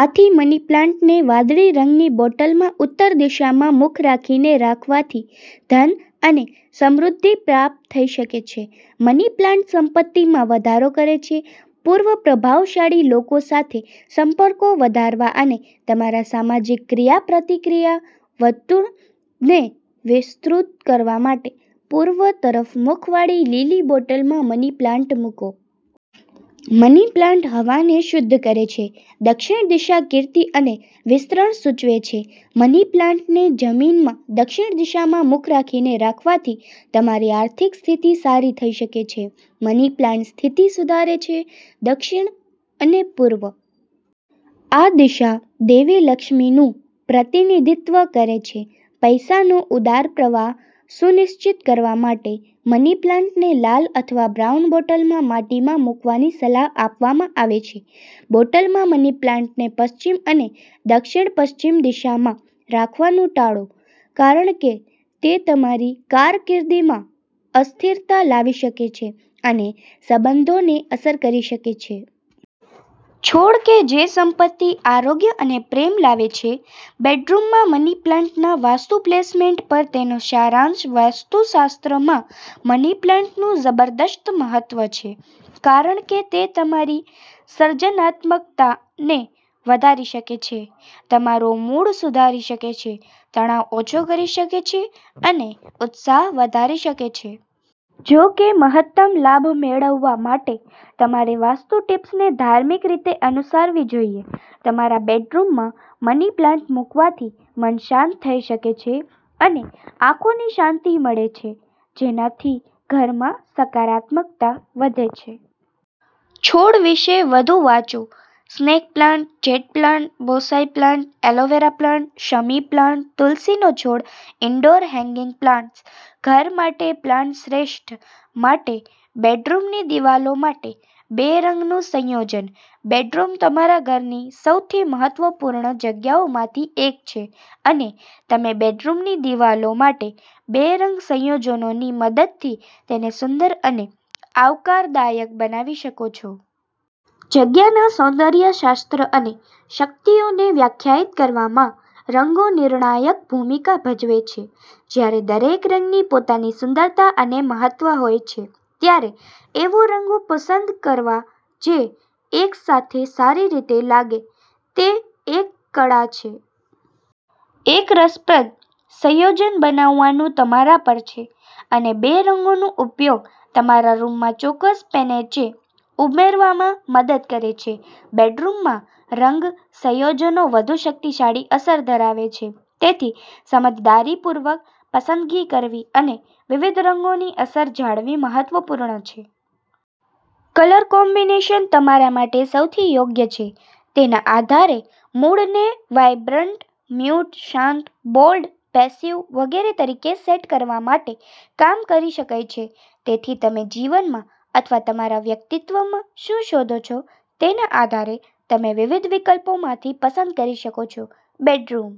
આથી મની પ્લાન્ટને વાદળી રંગની બોટલમાં ઉત્તર દિશામાં મુખ રાખીને રાખવાથી ધન અને સમૃદ્ધિ પ્રાપ્ત થઈ શકે છે. મની પ્લાન્ટ સંપત્તિમાં વધારો કરે છે .પૂર્વપ્રભાવશાળી લોકો સાથે સંપર્કો વધારવા અને તમારા સામાજિક ક્રિયાપ્રતિક્રિયા વર્તુળને વિસ્તૃત કરવા માટે પૂર્વ તરફ મુખવાળી લીલી બોટલમાં મની પ્લાન્ટ મૂકો. મની પ્લાન્ટ હવાને શુદ્ધ કરે છે. દક્ષિણ દિશા કીર્તિ અને વિસ્તરણ સૂચવે છે. મની પ્લાન્ટને જમીનમાં દક્ષિણ દિશામાં મુખ રાખીને રાખવાથી તમારી આર્થિક સ્થિતિ સારી થઈ શકે છે. મની પ્લાન્ટ સ્થિતિ સુધારે છે .દક્ષિણ-પૂર્વ આ દિશા દેવી લક્ષ્મીનું પ્રતિનિધિત્વ કરે છે. પૈસાનો ઉદાર પ્રવાહ સુનિશ્ચિત કરવા માટે મની પ્લાન્ટને લાલ અથવા બ્રાઉન બોટલમાં માટીમાં મૂકવાની સલાહ આપવામાં આવે છે. બોટલમાં મની પ્લાન્ટને પશ્ચિમ અને દક્ષિણ-પશ્ચિમ દિશામાં રાખવાનું ટાળો, કારણ કે તે તમારી કારકિર્દીમાં અસ્થિરતા લાવી શકે છે અને સંબંધોને અસર કરી શકે છે. છોડ કે જે સંપત્તિ, આરોગ્ય અને પ્રેમ લાવે છે .બેડરૂમમાં મની પ્લાન્ટના વાસ્તુ પ્લેસમેન્ટ પર તેનો સારાંશ, વાસ્તુશાસ્ત્રમાં મની પ્લાન્ટનું જબરદસ્ત મહત્વ છે, કારણ કે તે તમારી સર્જનાત્મકતાને વધારી શકે છે, તમારો મૂડ સુધારી શકે છે, તણાવ ઓછો કરી શકે છે અને ઉત્સાહ વધારી શકે છે. જો કે, મહત્તમ લાભ મેળવવા માટે તમારે વાસ્તુ ટીપ્સને ધાર્મિક રીતે અનુસરવી જોઈએ. તમારા બેડરૂમમાં મની પ્લાન્ટ મૂકવાથી મન શાંત થઈ શકે છે અને આંખોને શાંતી મળે છે, જેનાથી ઘરમાં સકારાત્મકતા વધે છે. છોડ વિશે વધુ વાંચો snake plant, jade plant ,bonsai plant, aloe vera plant, શમી પ્લાન્ટ ,તુલસીનો છોડ ,ઇન્ડોર હેંગિંગ પ્લાન્ટ્સ ઘર માટે પ્લાન્ટ શ્રેષ્ઠ. માટે બેડરૂમની દિવાલો માટે બે રંગનું સંયોજન, બેડરૂમતમારા ઘરની સૌથી મહત્વપૂર્ણ જગ્યાઓમાંથી એક છે અને તમે બેડરૂમની દિવાલો માટે બે રંગ સંયોજનોની મદદથી તેને સુંદર અને આવકારદાયક બનાવી શકો છો. જગ્યાના સૌંદર્ય શાસ્ત્ર અને શક્તિઓને વ્યાખ્યાયિત કરવામાં રંગો નિર્ણાયક ભૂમિકા ભજવે છે. જ્યારે દરેક રંગની પોતાની સુંદરતા અને મહત્વ હોય છે, ત્યારે એવા રંગો પસંદ કરવા જે એકસાથે સારી રીતે લાગે તે એક કળા છે. એક રસપ્રદ રંગ સંયોજન બનાવવાનું તમારા પર છે, અને બે રંગોનો ઉપયોગ તમારા રૂમમાં ચોક્કસ પેનેચે ઉમેરવામાં મદદ કરે છે. બેડરૂમમાં રંગ સંયોજનો વધુ શક્તિશાળી અસર ધરાવે છે, તેથી સમજદારીપૂર્વક પસંદગી કરવી અને વિવિધ રંગોની અસર જાણવી મહત્વપૂર્ણ છે. કલર કોમ્બિનેશન તમારા માટે સૌથી યોગ્ય છે તેના આધારે મૂડને વાઇબ્રન્ટ, મ્યૂટ, શાંત, બોલ્ડ, પેસિવ વગેરે તરીકે સેટ કરવા માટે કામ કરી શકાય છે. તેથી, તમે જીવનમાં અથવા તમારા વ્યક્તિત્વમાં શું શોધો છો તેના આધારે, તમે વિવિધ વિકલ્પોમાંથી પસંદ કરી શકો છો. બેડરૂમ